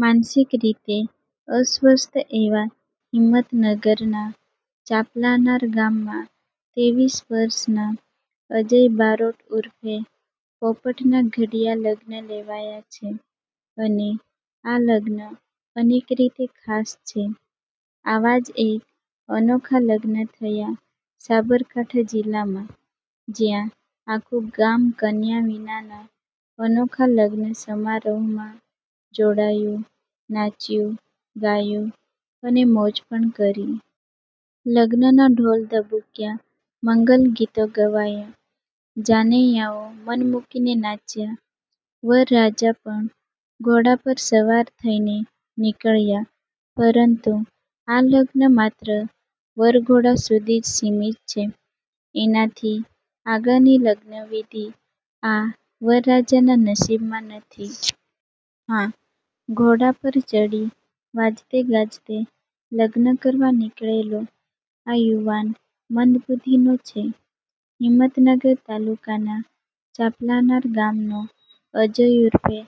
માનસિક રીતે અસ્વસ્થ એવા હિંમતનગરના ચાંપલાનાર ગામમાં તેવીસ વર્ષના અજય બારોટ ઉર્ફે પોપટનાં ઘડીયાં લગ્ન લેવાયાં છે અને આ લગ્ન અનેક રીતે ખાસ છે. આવા જ એક અનોખા લગ્ન થયા સાબરકાંઠા જીલ્લામાં. જ્યાં આખું ગામ કન્યા વિનાના અનોખા લગ્ન સમારોહમાં જોડાયું ,નાચ્યું ,ગાયું અને મોજ પણ કરી. લગ્નના ઢોલ ધબૂક્યા મંગલ ગીતો ગવાયા, જાનૈયાઓ મન મુકીને નાચ્યા. વરરાજા પણ ઘોડા પર સવાર થઈને નીકળ્યા પરંતુ આ લગ્ન માત્ર વરઘોડા સુધી જ સીમિત છે એનાથી આગળની લગ્ન વિધિ આ વરરાજાના નસીબમાં નથી. હા, ઘોડા પર ચડી વાજતે-ગાજતે લગ્ન કરવા નીકળેલો આ યુવાન મંદબુધ્ધીનો છે. હિમતનગર તાલુકાના ચાંપલાનાર ગામનો અજય ઉર્ફે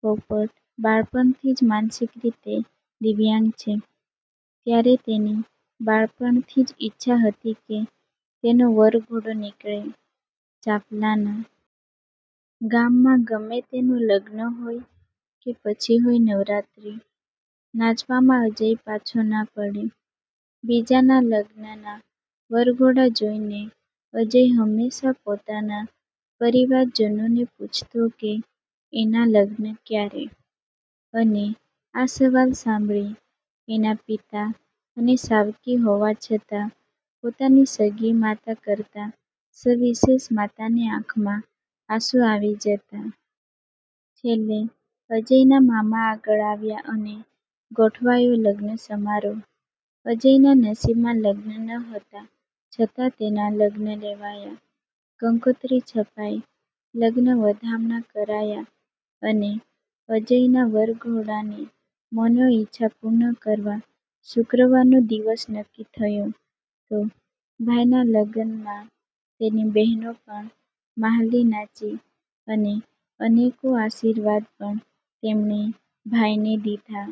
પોપટ બાળપણથી જ માનસિક રીતે દિવ્યાંગ છે.ત્યારે તેની બાળપણથી જ ઈચ્છા હતી કે તેનો વરઘોડો નીકળે. ચાંપલાના ગામમાં ગમે તેનું લગ્ન હોય કે પછી હોય નવરાત્રી, નાચવામાં અજય પાછો ના પડે .બીજાના લગ્નના વરઘોડા જોઇને અજય હમેશા પોતાના પરિવારજનોને પૂછતો કે એના લગ્ન ક્યારે? અને આ સવાલ સાંભળી એના પિતા અને સાવકી હોવા છતાં પોતાની સગી માતા કરતા સવિશેષ માતાની આંખમાં આંસુ આવી જતા. છેલ્લે અજયના મામા આગળ આવ્યા અને ગોઠવાયો લગ્ન સમારોહ. અજયના નસીબમાં લગ્ન ન હતા છતાં તેના લગ્ન લેવાયા, કંકોત્રી છપાઈ ,લગ્નના વધામણા કરાયા અને અજયનાં વરઘોડાની મનોઈચ્છા પૂર્ણ કરવા શુક્રવારનો દિવસ નક્કી થયો તો ભાઈના લગ્નમાં તેની બહેનો પણ મ્હાલીનાચી અને અનેકો આશીર્વાદ પણ તેમણે ભાઈને દીધા.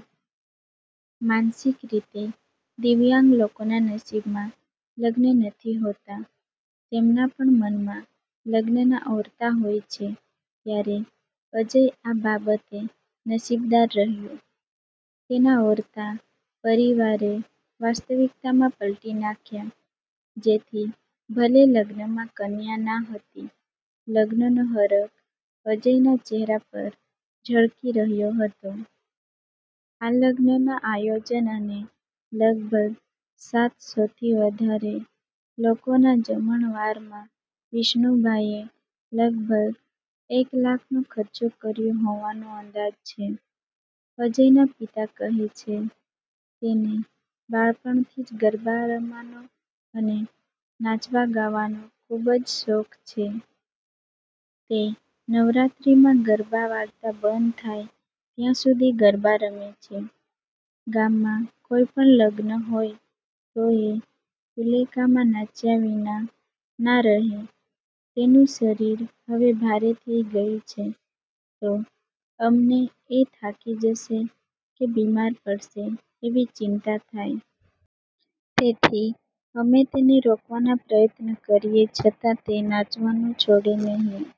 માનસિક રીતે દિવ્યાંગ લોકોના નસીબમાં લગ્ન નથી હોતા તેમના પણ મનમાં લગ્નનાં ઓરતા હોય છે ત્યારે અજય આ બાબતે નસીબદાર રહ્યો. તેના ઓરતા પરિવારે વાસ્તવિકતામાં પલટી નાખ્યા જેથી ભલે લગ્નમાં કન્યા ના હતી, લગ્નનો હરખ અજયના ચહેરા પર ઝળકી રહ્યો હતો. આ લગ્નનાં આયોજન અને લગભગ સાતસોથી વધારે લોકોના જમણવારમાં વિષ્ણુભાઇએ લગભગ એક લાખનો ખર્ચ કર્યો હોવાનો અંદાજ છે. અજયના પિતા કહે છે, 'તેને બાળપણથી જ ગરબા રમવાનો અને નાચવા-ગાવાનો ખૂબ જ શોખ છે. તે નવરાત્રિમાં ગરબા વાગતા બંધ થાય ત્યાં સુધી ગરબા રમે છે. ગામમાં કોઈ પણ લગ્ન હોય તો એ ફુલેકામાં નાચ્યા વિના ના રહે. તેનું શરીર હવે ભારે થઈ ગયું છે, તો અમને એ થાકી જશે કે બીમાર પડશે એવી ચિંતા થાય. તેથી અમે તેને રોકવાના પ્રયત્ન કરીએ છતાં તે નાચવાનું છોડે નહીં.'